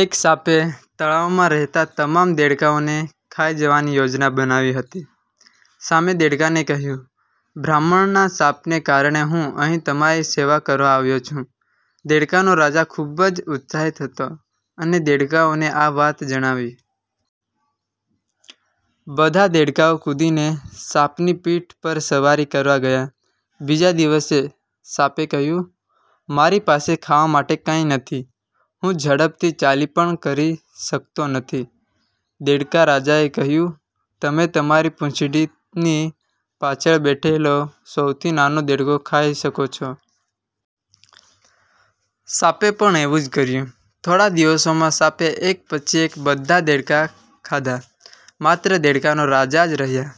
એક સાપે તળાવમાં રહેતા તમામ દેડકાઓને ખાઈ જવાની યોજના બનાવી હતી. સાપે દેડકાને કહ્યું, 'બ્રાહ્મણના શાપને કારણે હું અહીં તમારી સેવા કરવા આવ્યો છું. 'દેડકાનો રાજા ખૂબ જ ઉત્સાહિત હતો અને દેડકાઓને આ વાત જણાવી. બધા દેડકાઓ કૂદીને સાપની પીઠ પર સવારી કરવા ગયા. બીજા દિવસે, સાપે કહ્યું, ' મારી પાસે ખાવા માટે કંઈ નથી. હું ઝડપથી ચાલી પણ કરી શકતો નથી. ' દેડકા રાજાએ કહ્યું,' તમે તમારી પૂંછડીની પાછળ બેઠેલો સૌથી નાનો દેડકો ખાઈ શકો છો. 'સાપે પણ એવું જ કર્યું. થોડા દિવસોમાં સાપે એક પછી એક બધા દેડકા ખાધા. માત્ર દેડકા નો રાજા જ રહ્યા.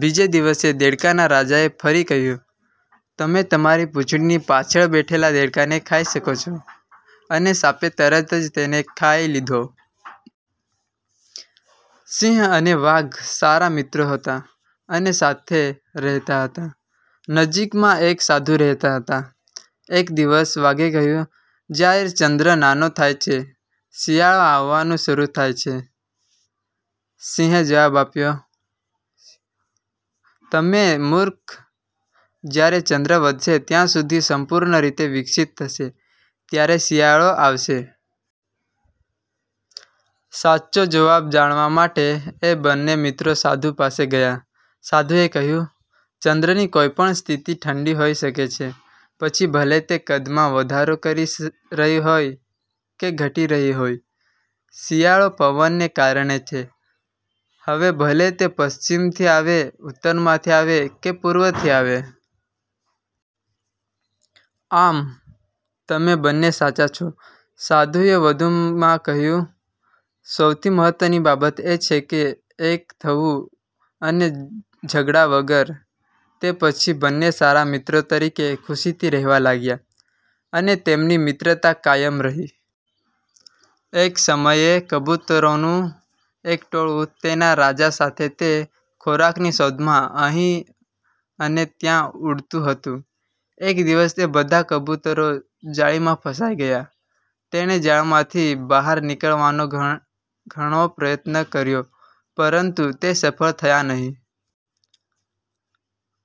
બીજે દિવસે, દેડકાના રાજા એ ફરી કહ્યું, ' તમે તમારી પૂંછડીની પાછળ બેઠેલા દેડકાને ખાઈ શકો છો ' અને સાપે તરત જ તેને ખાઈ લીધો. સિંહ અને વાઘ સારા મિત્રો હતા અને સાથે રહેતા હતા. નજીકમાં એક સાધુ રહેતા હતા. એક દિવસ, વાઘે કહ્યું, "જ્યારે ચંદ્ર નાનો થાય છે, શિયાળો આવવાનું શરૂ થાય છે. સિંહે જવાબ આપ્યો, "તમે મૂર્ખ, જ્યારે ચંદ્ર વધશે ત્યાં સુધી સંપૂર્ણ રીતે વિકસિત થશે, ત્યારે શિયાળો આવશે. સાચો જવાબ જાણવા માટે એ બંને મિત્રો સાધુ પાસે ગયા. સાધુએ કહ્યું, "ચંદ્રની કોઈપણ સ્થિતિ ઠંડી હોઈ શકે છે, પછી ભલે તે કદમાં વધારો કરી રહી હોય કે ઘટી રહી હોય. શિયાળો પવનને કારણે છે, હવે ભલે તે પશ્ચિમથી આવે, ઉત્તરમાંથી આવે કે પૂર્વથી આવે. આમ, તમે બંને સાચા છો. સાધુએ વધુમાં કહ્યું, "સૌથી મહત્વની બાબત એ છે કે એક થવું અને ઝઘડા વગર. તે પછી બંને સારા મિત્રો તરીકે ખુશીથી રહેવા લાગ્યા, અને તેમની મિત્રતા કાયમ રહી. એક સમયે કબૂતરોનું એક ટોળું, તેના રાજા સાથે તે ખોરાકની શોધમાં અહીં અને ત્યાં ઉડતું હતું. એક દિવસ તે બધા કબૂતરો જાળીમાં ફસાઈ ગયા. તેણે જાળમાંથી બહાર નીકળવાનો ઘણો ઘણો પ્રયત્ન કર્યો પરંતુ તે સફળ થયા નહીં.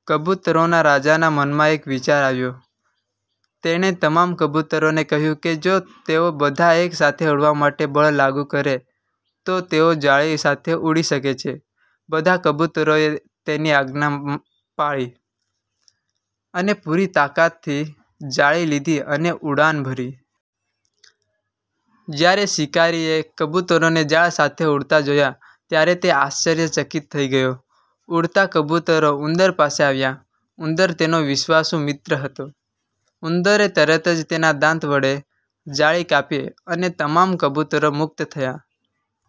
કબૂતરોના રાજાના મનમાં એક વિચાર આવ્યો. તેણે તમામ કબૂતરોને કહ્યું કે જો તેઓ બધા એક સાથે ઉડવા માટે બળ લાગુ કરે તો તેઓ જાળી સાથે ઉડી શકે છે. બધા કબૂતરોએ તેની આજ્ઞા પાળી અને પૂરી તાકાતથી જાળી લીધી અને ઉડાન ભરી. જ્યારે શિકારીએ કબૂતરોને જાળ સાથે ઉડતા જોયા ત્યારે તે આશ્ચર્યચકિત થઈ ગયો. ઉડતા કબૂતરો ઉંદર પાસે આવ્યા. ઉંદર તેનો વિશ્વાસુ મિત્ર હતો. ઉંદરે તરત જ તેના દાંત વડે જાળી કાપી અને તમામ કબૂતરો મુક્ત થયા.